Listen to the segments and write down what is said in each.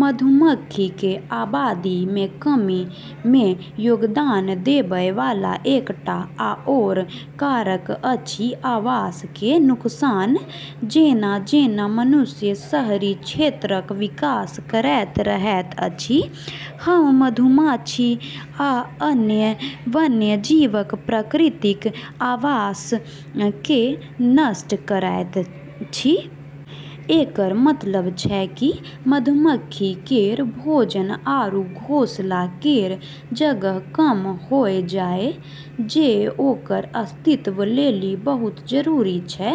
मधुमक्खी के आबादी में कमी में योगदान देबय वाला एकटा आओर कारक अछि आवास के नुकसान. जेना-जेना मनुष्य शहरी क्षेत्रक विकास करैत रहैत अछि, हम मधुमाछी आ अन्य वन्यजीवक प्राकृतिक आवास केँ नष्ट करैत छी। एकरऽ मतलब छै कि मधुमक्खी केरऽ भोजन आरू घोंसला केरऽ जगह कम होय जाय, जे ओकरऽ अस्तित्व लेली बहुत जरूरी छै।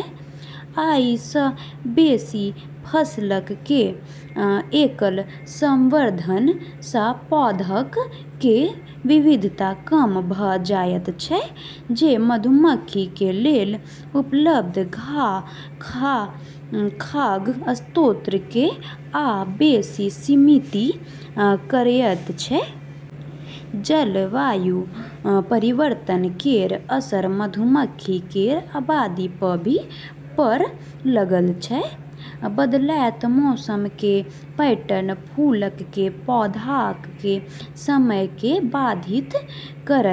अइ सं बेसि फसलक कें एकल संवर्धन सं पौधाक कें विविधता कम भ जायत छै, जे मधुमक्खी कें लेल उपलब्ध खाद्य स्रोत कें आ बेसि सीमित करयत छै. जलवायु परिवर्तन केरऽ असर मधुमक्खी केरऽ आबादी प॑ भी पड़॑ लगलऽ छै। बदलैत मौसम कें पैटर्न फूलक कें पौधाक कें समय कें बाधित कयर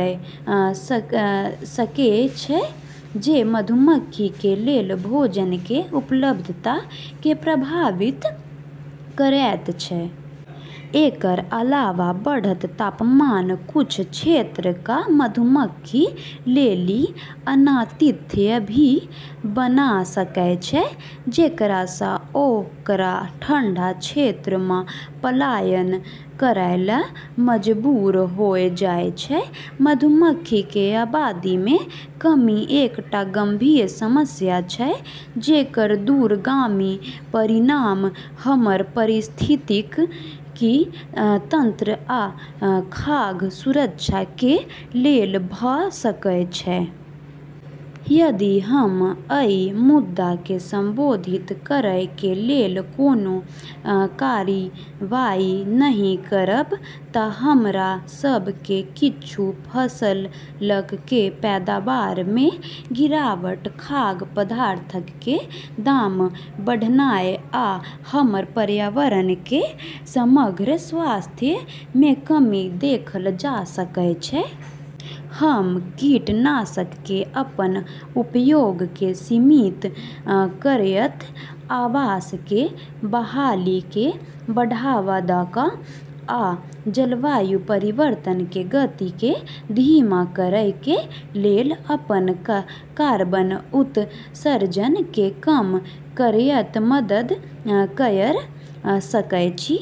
सकएय छै, जे मधुमक्खी कें लेल भोजन कें उपलब्धता कें प्रभावित करएयत छै. एकरऽ अलावा बढ़तऽ तापमान कुछ क्षेत्रऽ क॑ मधुमक्खी लेली अनातिथ्य भी बना सकै छै, जेकरा स॑ ओकरा ठंडा क्षेत्रऽ म॑ पलायन करै ल॑ मजबूर होय जाय छै। मधुमक्खी कें आबादी मे कमी एकटा गंभीर समस्या छै जेकर दूरगामी परिणाम हमर पारिस्थितिकी तंत्र आ खाद्य सुरक्षा कें लेल भ सकय छै. यदि हम अइ मुद्दा कें संबोधित करय कें लेल कोनों कार्रवाई नहि करब त हमरा सब कें किच्छू फसलक कें पैदावार मे गिरावट, खाद्य पदार्थक कें दाम बढ़नाय, आ हमर पर्यावरण कें समग्र स्वास्थ्य मे कमी देखल जा सकय छै. हम कीटनाशक कें अपन उपयोग कें सीमित करयत, आवास कें बहाली कें बढ़ावा द क, आ जलवायु परिवर्तन कें गति कें धीमा करय कें लेल अपन कार्बन उत्सर्जन कें कम करयत मदद कयर सकय छी.